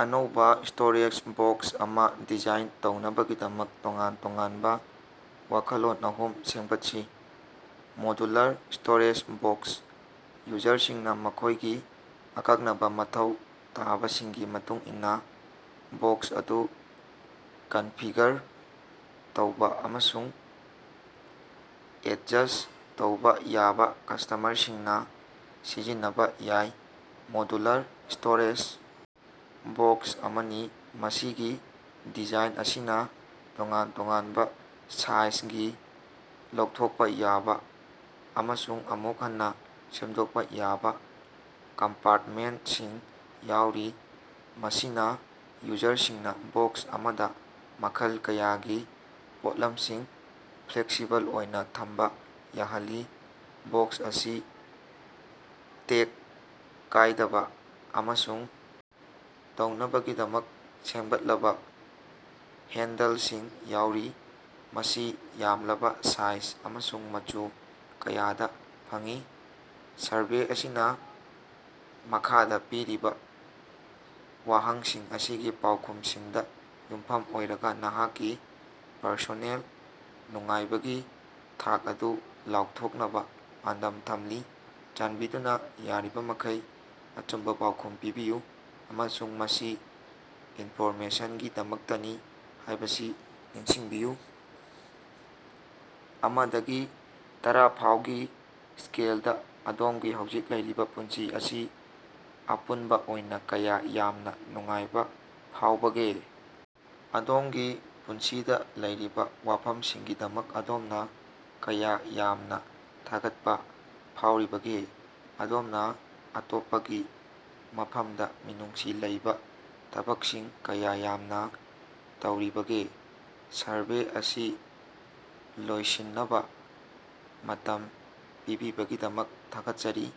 ꯑꯅꯧꯕꯥ storage box ꯑꯃꯥ design ꯇꯧꯅꯕꯒꯤꯗꯃꯛ ꯇꯣꯉꯥꯟ-ꯇꯣꯉꯥꯟꯕꯥ ꯋꯥꯈꯜꯂꯣꯟ ꯑꯍꯨꯝ ꯁꯦꯝꯒꯠꯁꯤ꯫ ꯃꯣꯗꯨꯂꯔ ꯁ꯭ꯇꯣꯔꯦꯖ ꯕꯣꯛꯁ: ꯌꯨꯖꯔꯁꯤꯡꯅꯥ ꯃꯈꯣꯏꯒꯤ ꯑꯀꯛꯅꯕꯥ ꯃꯊꯧ ꯇꯥꯕꯁꯤꯡꯒꯤ ꯃꯇꯨꯡ ꯏꯟꯅꯥ ꯕꯣꯛꯁ ꯑꯗꯨ ꯀꯟꯐꯤꯒꯔ ꯇꯧꯕꯥ ꯑꯃꯁꯨꯡ ꯑꯦꯠꯖꯁ ꯇꯧꯕꯥ ꯌꯥꯏ ꯀꯁꯇꯃꯔꯁꯤꯡꯅꯥ ꯁꯤꯖꯤꯟꯅꯕꯥ ꯌꯥꯕꯥ, ꯃꯣꯗꯨꯂꯔ ꯁ꯭ꯇꯣꯔꯦꯖ ꯕꯣꯛꯁ ꯑꯃꯅꯤ꯫ ꯃꯁꯤꯒꯤ ꯗꯤꯖꯥꯏꯟ ꯑꯁꯤꯅꯥ ꯇꯣꯉꯥꯟ ꯇꯣꯉꯥꯟꯕꯥ ꯁꯥꯏꯖꯒꯤ ꯂꯧꯊꯣꯛꯄꯥ ꯌꯥꯕꯥ ꯑꯃꯁꯨꯡ ꯑꯃꯨꯛ ꯍꯟꯅꯥ ꯁꯦꯝꯗꯣꯛꯄꯥ ꯌꯥꯕꯥ ꯀꯝꯄꯥꯔꯇꯃꯦꯟꯇꯁꯤꯡ ꯌꯥꯎꯔꯤ, ꯃꯁꯤꯅꯥ ꯌꯨꯖꯔꯁꯤꯡꯅꯥ ꯕꯣꯛꯁ ꯑꯃꯗꯥ ꯃꯈꯜ ꯀꯌꯥꯒꯤ ꯄꯣꯠꯂꯝꯁꯤꯡ ꯐ꯭ꯂꯦꯛꯁꯤꯕꯜ ꯑꯣꯏꯅꯥ ꯊꯝꯕꯥ ꯌꯥꯍꯜꯂꯤ꯫ ꯕꯣꯛꯁ ꯑꯁꯤ ꯇꯦꯛ ꯀꯥꯏꯗꯕꯥ ꯑꯃꯁꯨꯡ ꯇꯧꯅꯕꯒꯤꯗꯃꯛ ꯁꯦꯝꯒꯠꯂꯕꯥ ꯍꯦꯟꯗꯜꯁꯤꯡ ꯌꯥꯎꯔꯤ꯫ ꯃꯁꯤ ꯌꯥꯝꯂꯕꯥ ꯁꯥꯏꯖ ꯑꯃꯁꯨꯡ ꯃꯆꯨ ꯀꯌꯥꯗꯥ ꯐꯪꯏ꯫ ꯁꯔꯚꯦ ꯑꯁꯤꯅꯥ ꯃꯈꯥꯗꯥ ꯄꯤꯔꯤꯕꯥ ꯋꯥꯍꯪꯁꯤꯡ ꯑꯁꯤꯒꯤ ꯄꯥꯎꯈꯨꯝꯁꯤꯡꯗꯥ ꯌꯨꯝꯐꯝ ꯑꯣꯏꯔꯒꯥ ꯅꯍꯥꯛꯀꯤ ꯄꯔꯁꯣꯅꯦꯜ ꯅꯨꯡꯉꯥꯏꯕꯒꯤ ꯊꯥꯛ ꯑꯗꯨ ꯂꯥꯎꯊꯣꯛꯅꯕꯥ ꯄꯥꯟꯗꯝ ꯊꯝꯂꯤ꯫ ꯆꯥꯟꯕꯤꯗꯨꯅꯥ ꯌꯥꯔꯤꯕꯃꯈꯩ ꯑꯆꯨꯝꯕꯥ ꯄꯥꯎꯈꯨꯝ ꯄꯤꯕꯤꯌꯨ, ꯑꯃꯁꯨꯡ ꯃꯁꯤ ꯏꯟꯐꯣꯔꯃꯦꯁꯟꯒꯤꯗꯃꯛꯇꯅꯤ ꯍꯥꯏꯕꯁꯤ ꯅꯤꯡꯁꯤꯡꯕꯤꯌꯨ꯫ ꯑꯃꯥꯗꯒꯤ ꯇꯔꯥꯐꯥꯎꯒꯤ ꯁ꯭ꯀꯦꯜꯗꯥ, ꯑꯗꯣꯝꯒꯤ ꯍꯧꯖꯤꯛ ꯂꯩꯔꯤꯕꯥ ꯄꯨꯟꯁꯤ ꯑꯁꯤ ꯑꯄꯨꯟꯕꯥ ꯑꯣꯏꯅꯥ ꯀꯌꯥ ꯌꯥꯝꯅꯥ ꯅꯨꯡꯉꯥꯏꯕꯥ ꯐꯥꯎꯕꯒꯦ? ꯑꯗꯣꯝꯒꯤ ꯄꯨꯟꯁꯤꯗꯥ ꯂꯩꯔꯤꯕꯥ ꯋꯥꯐꯝꯁꯤꯡꯒꯤꯗꯃꯛ ꯑꯗꯣꯝꯅꯥ ꯀꯌꯥ ꯌꯥꯝꯅꯥ ꯊꯥꯒꯠꯄꯥ ꯐꯥꯎꯔꯤꯕꯒꯦ? ꯑꯗꯣꯝꯅꯥ ꯑꯇꯣꯞꯄꯒꯤ ꯃꯐꯝꯗꯥ ꯃꯤꯅꯨꯡꯁꯤ ꯂꯩꯕꯥ ꯊꯕꯛꯁꯤꯡ ꯀꯌꯥ ꯌꯥꯝꯅꯥ ꯇꯧꯔꯤꯕꯒꯦ? ꯁꯔꯚꯦ ꯑꯁꯤ ꯂꯣꯏꯁꯤꯟꯅꯕꯥ ꯃꯇꯝ ꯄꯤꯕꯤꯕꯒꯤꯗꯃꯛ ꯊꯥꯒꯠꯆꯔꯤ꯫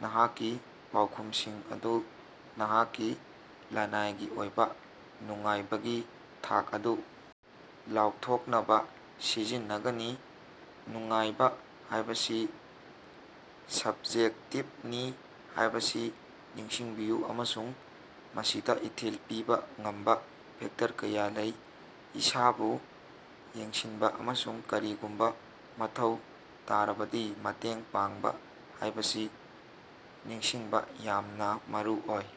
ꯅꯍꯥꯛꯀꯤ ꯄꯥꯎꯈꯨꯝꯁꯤꯡ ꯑꯗꯨ ꯅꯍꯥꯛꯀꯤ ꯂꯅꯥꯏꯒꯤ ꯑꯣꯏꯕꯥ ꯅꯨꯡꯉꯥꯏꯕꯒꯤ ꯊꯥꯛ ꯑꯗꯨ ꯂꯥꯎꯊꯣꯛꯅꯕꯥ ꯁꯤꯖꯤꯟꯅꯒꯅꯤ꯫ ꯅꯨꯡꯉꯥꯏꯕꯥ ꯍꯥꯏꯕꯁꯤ ꯁꯞꯖꯦꯛꯇꯤꯞꯅꯤ ꯍꯥꯏꯕꯁꯤ ꯅꯤꯡꯁꯤꯡꯕꯤꯌꯨ ꯑꯃꯁꯨꯡ ꯃꯁꯤꯗꯥ ꯏꯊꯤꯜ ꯄꯤꯕꯥ ꯉꯝꯕꯥ ꯐꯦꯛꯇꯔ ꯀꯌꯥ ꯂꯩ꯫ ꯏꯁꯥꯕꯨ ꯌꯦꯡꯁꯤꯟꯕꯥ ꯑꯃꯁꯨꯡ ꯀꯔꯤꯒꯨꯝꯕꯥ ꯃꯊꯧ ꯇꯥꯔꯕꯗꯤ ꯃꯇꯦꯡ ꯄꯥꯡꯕꯥ ꯍꯥꯏꯕꯁꯤ ꯅꯤꯡꯁꯤꯡꯕꯥ ꯌꯥꯝꯅꯥ ꯃꯔꯨꯑꯣꯏ꯫